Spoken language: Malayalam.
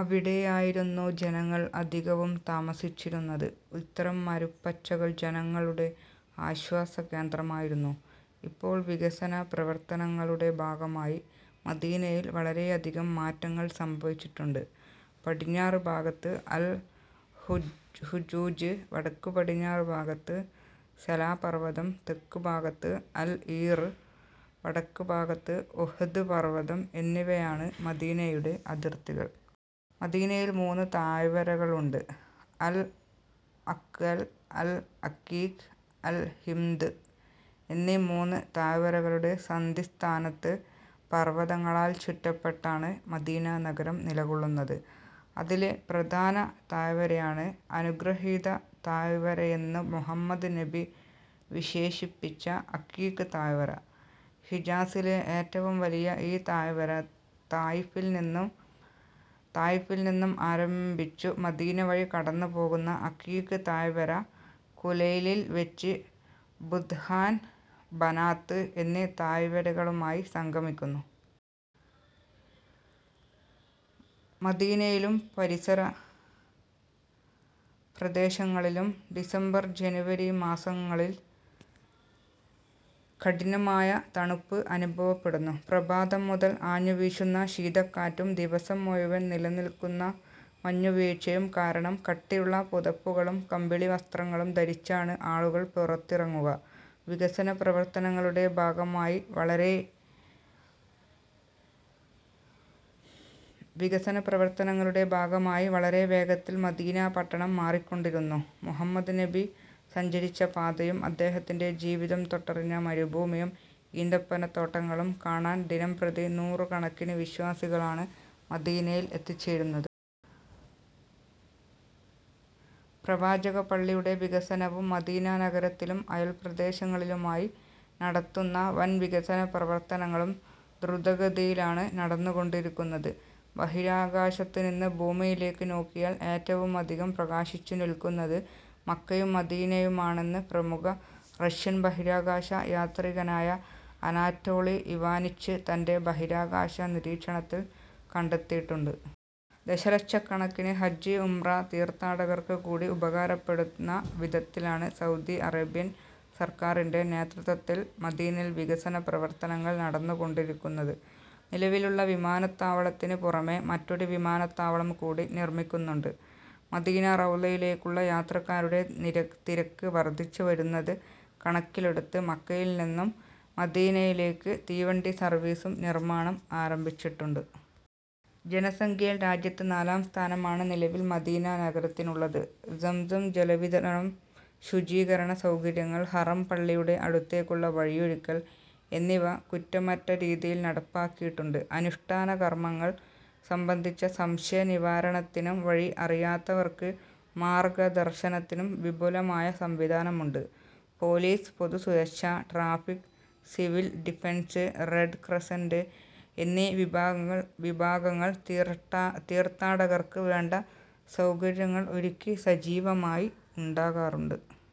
അവിടെയായിരുന്നു ജനങ്ങൾ അധികവും താമസിച്ചിരുന്നത്. ഇത്തരം മരുപ്പച്ചകൾ ജനങ്ങളുടെ ആശ്വാസകേന്ദ്രമായിരുന്നു. ഇപ്പോൾ വികസന പ്രവർത്തനങ്ങളുടെ ഭാഗമായി മദീനയിൽ വളരെയധികം മാറ്റങ്ങൾ സംഭവിച്ചിട്ടുണ്ട്. പടിഞ്ഞാറ് ഭാഗത്ത് അൽ-ഹുജൂജ്, വടക്കു പടിഞ്ഞാറ് ഭാഗത്ത് സലാ പർവതം, തെക്ക് ഭാഗത്ത് അൽ-ഈർ, വടക്ക് ഭാഗത്ത് ഉഹ്ദ് പർവതം എന്നിവയാണ് മദീനയുടെ അതിർത്തികൾ. മദീനയിൽ മൂന്ന് താഴ്വരകളുണ്ട്. അൽ-അഖ്അൽ, അൽ-അഖീഖ്, അൽ-ഹിമ്ദ് എന്നീ മൂന്നു താഴ്വരകളുടെ സന്ധിസ്ഥാനത്ത് പർവതങ്ങളാൽ ചുറ്റപ്പെട്ടാണ് മദീന നഗരം നിലകൊള്ളുന്നത്. അതിലെ പ്രധാന താഴ്വരയാണ് അനുഗൃഹീത താഴ്വരയെന്നു മുഹമ്മദ് നബി വിശേഷിപ്പിച്ച അഖീഖ് താഴ്വര. ഹിജാസിലെ ഏറ്റവും വലിയ ഈ താഴ്വര താഇഫിൽ നിന്നും ആരംഭിച്ചു മദീന വഴി കടന്നു പോകുന്ന അഖീഖ് താഴ്വര ഖുലൈലിൽ വച്ച് ഭുത്ഹാൻ, ബനാത് എന്നീ താഴ്വരകളുമായി സംഗമിക്കുന്നു. മദീനയിലും പരിസരപ്രദേശങ്ങളിലും ഡിസംബർ ജനുവരി മാസങ്ങളിൽ കഠിനമായ തണുപ്പ് അനുഭവപ്പെടുന്നു. പ്രഭാതം മുതൽ ആഞ്ഞുവീശുന്ന ശീതക്കാറ്റും ദിവസം മുഴുവൻ നിലനിൽക്കുന്ന മഞ്ഞു വീഴ്ചയും കാരണം കട്ടിയുള്ള പുതപ്പുകളും കമ്പിളിവസ്ത്രങ്ങളും ധരിച്ചാണ് ആളുകൾ പുറത്തിറങ്ങുക. വികസന പ്രവർത്തനങ്ങളുടെ ഭാഗമായി വളരെ വേഗത്തിൽ മദീന പട്ടണം മാറിക്കൊണ്ടിരിന്നു. മുഹമ്മദ് നബി സഞ്ചരിച്ച പാതയും അദ്ദേഹത്തിന്റെ ജീവിതം തൊട്ടറിഞ്ഞ മരുഭൂമിയും ഈന്തപ്പനത്തോട്ടങ്ങളും കാണാൻ ദിനംപ്രതി നൂറു കണക്കിന് വിശ്വാസികളാണ് മദീനയിൽ എത്തിച്ചേരുന്നത്. പ്രവാചക പള്ളിയുടെ വികസനവും മദീന നഗരത്തിലും അയൽ പ്രദേശങ്ങളിലുമായി നടത്തുന്ന വൻ വികസന പ്രവർത്തനങ്ങളും ധ്രുതഗതിയിലാണ് നടന്നു കൊണ്ടിരിക്കുന്നത്. ബഹിരാകാശത്ത് നിന്ന് ഭൂമിയിലേക്ക് നോക്കിയാൽ ഏറ്റവുമധികം പ്രകാശിച്ചു നിൽക്കുന്നത് മക്കയും മദീനയുമാണെന്ന് പ്രമുഖ റഷ്യൻ ബഹിരാകാശ യാത്രികനായ അനാറ്റോളി ഇവാനിച്ച് തന്റെ ബഹിരാകാശ നിരീക്ഷണത്തിൽ കണ്ടെത്തിയിട്ടുണ്ട്. ദശലക്ഷക്കണക്കിന് ഹജ്ജ്, ഉംറ തീർത്ഥാടകർക്ക് കൂടി ഉപകാരപ്പെടുന്ന വിധത്തിലാണ് സൗദി അറേബ്യൻ സർക്കാരിന്റെ നേതൃത്വത്തിൽ മദീനയിൽ വികസന പ്രവർത്തനങ്ങൾ നടന്നു കൊണ്ടിരിക്കുന്നത്. നിലവിലുള്ള വിമാനത്താവളത്തിന് പുറമേ മറ്റൊരു വിമാനത്താവളം കൂടി നിർമ്മിക്കുന്നുണ്ട്. മദീനാ റൌളയിലേക്കുള്ള യാത്രക്കാരുടെ തിരക്ക് വർധിച്ചു വരുന്നത് കണക്കിലെടുത്ത് മക്കയിൽ നിന്നും മദീനയിലേക്ക് തീവണ്ടി സർവ്വീസും നിർമ്മാണം ആരംഭിച്ചിട്ടുണ്ട്. ജനസംഖ്യയിൽ രാജ്യത്ത് നാലാം സ്ഥാനമാണ് നിലവിൽ മദീന നഗരത്തിനുള്ളത്. സംസം ജലവിതരണം, ശുചീകരണ സൗകര്യങ്ങൾ, ഹറം പള്ളിയുടെ അടുത്തേക്കുള്ള വഴിയൊരുക്കൽ എന്നിവ കുറ്റമറ്റ രീതിയിൽ നടപ്പാക്കിയിട്ടുണ്ട്. അനുഷ്ഠാനകർമങ്ങൾ സംബന്ധിച്ച സംശയനിവാരണത്തിനും വഴി അറിയാത്തവർക്ക് മാർഗദർശനത്തിനും വിപുലമായ സംവിധാനവുമുണ്ട്. പോലീസ്, പൊതുസുരക്ഷ, traffic, civil defence, red crescent എന്നീ വിഭാഗങ്ങൾ തീർത്ഥാടകർക്കു വേണ്ട സൗകര്യങ്ങൾ ഒരുക്കി സജീവമായി ഉണ്ടാകാറുണ്ട്.